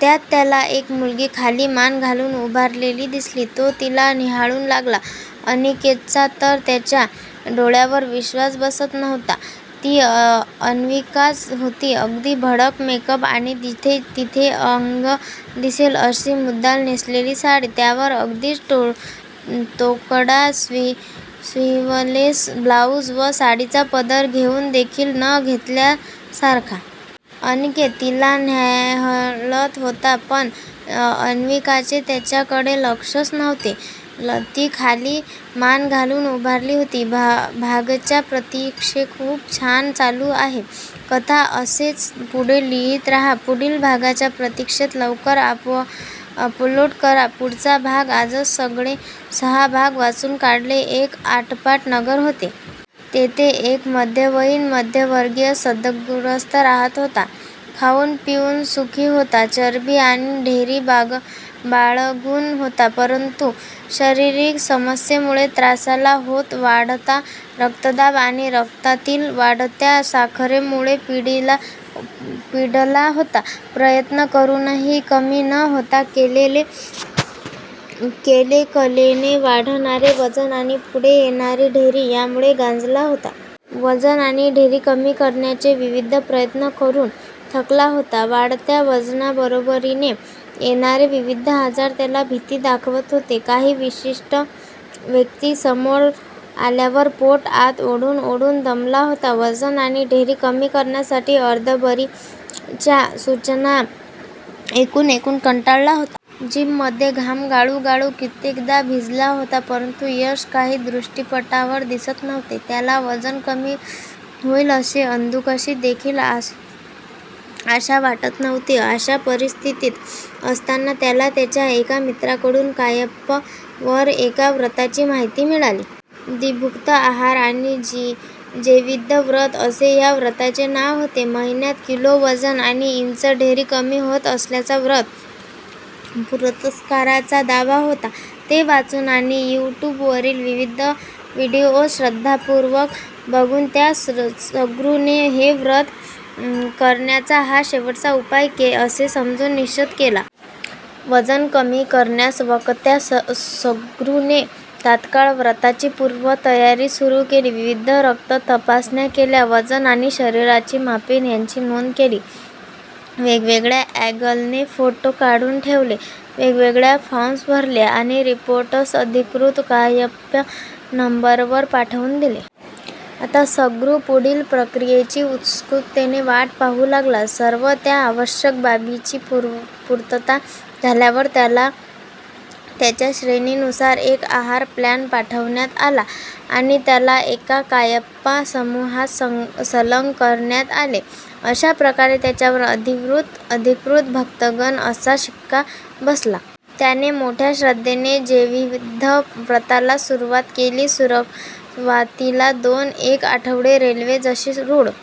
त्यात त्याला एक मुलगी खाली मान घालून उभारलेली दिसली. तो तिला निहाळू लागला. अनिकेतचा तर त्याच्या डोळ्यावर विश्वास बसत नव्हता. ती अन्विकाच होती. अगदी भडक मेकअप आणि जिथे -तिथे अंग दिसेल अशी मुद्दाम नेसलेली साडी, त्यावर अगदीच तोकडा स्लीवलेस ब्लाउज व साडीचा पदर घेऊन देखील न घेतल्या सारखा. अनिकेत तिला न्याहळत होता पण अन्विकाचे त्याच्या कडे लक्ष नव्हते. ती खाली मान घालून उभारली होती. भागाच्या प्रतिक्षेतखूप छान चालू आहे कथा असेच पुढे लिहित रहा पुढील भागाच्या प्रतीक्षेत लवकर अपलोड करा पुढचा भाग आजच सगळे सहा भाग वाचून काढले एक आटपाट नगर होते. तेथे एक मध्यवयीन, मध्यमवर्गीय सद्गृहस्थ रहात होता. खाऊन पिऊन सुखी होता, चरबी आणि ढेरी बाळगून होता परंतु शारीरिक समस्येमुळे त्रासाला होता. वाढता रक्तदाब आणि रक्तातील वाढत्या साखरेमुळे पिडला होता. प्रयत्न करूनही कमी न होता, कलेकलेने वाढणारे वजन आणि पुढे येणारी ढेरी यामुळे गांजला होता. वजन आणि ढेरी कमी करण्याचे विविध प्रयत्न करून थकला होता. वाढत्या वजनाबरोबरीने येणारे विविध आजार त्याला भीती दाखवत होते. काही विशिष्ट व्यक्ती समोर आल्यावर पोट आत ओढून ओढून दमला होता. वजन आणि ढेरी कमी करण्यासाठी अर्धबरीच्या सूचना ऐकून ऐकून कंटाळला होता. जिम मध्ये घाम गाळून गाळून कित्येकदा भिजला होता परंतु यश काही दृष्टीपटावर दिसत नव्हते, त्याला वजन कमी होईल अशी अंधुकशी देखील आशा वाटत नव्हती अशा परिस्थितीत असताना त्याला त्याच्या एका मित्राकडून कायप्पा वर एका व्रताची माहिती मिळाली. द्विभुक्त आहार आणि. जेवीद्वि व्रत असे या व्रताचे नाव होते. महिन्यात किलो वजन आणि इंच ढेरी कमी होत असल्याचा व्रत पुरस्कर्त्याचा दावा होता. ते वाचून आणि यू ट्यूब वरील विविध व्हिडीओज् श्रद्धापूर्वक बघून त्या सगृ ने हे व्रत करण्याचा, हा शेवटचा उपाय असे समजून, निश्चय केला. वजन कमी करण्यास वककत्या सगृ ने तात्काळ व्रताची पूर्व तयारी सुरू केली. विविध रक्त तपासण्या केल्या. वजन आणि शरीराची मापे यांची नोंद केली. वेगवेगळ्या अँगलने फोटो काढून ठेवले. वेगवेगळे फॉर्म्स भरले आणि रिपोर्ट्स अधिकृत कायप्पा नंबरवर पाठवून दिले. आता सगृ पुढील प्रक्रियेची उत्सुकतेने वाट पाहू लागला. सर्व त्या आवश्यक बाबींची पूर्तता झाल्यावर त्याला त्याच्या श्रेणी नुसार एक आहार प्लॅन पाठवण्यात आला आणि त्याला एका कायप्पा समूहात संलग्न करण्यात आले अशा प्रकारे त्याच्यावर अधिकृत भक्तगण असा शिक्का बसला. त्याने मोठया श्रद्धेने जेविद्वि व्रताला सुरवात केली. सुरवातीला दोन एक आठवडे रेल्वे जशी रूळ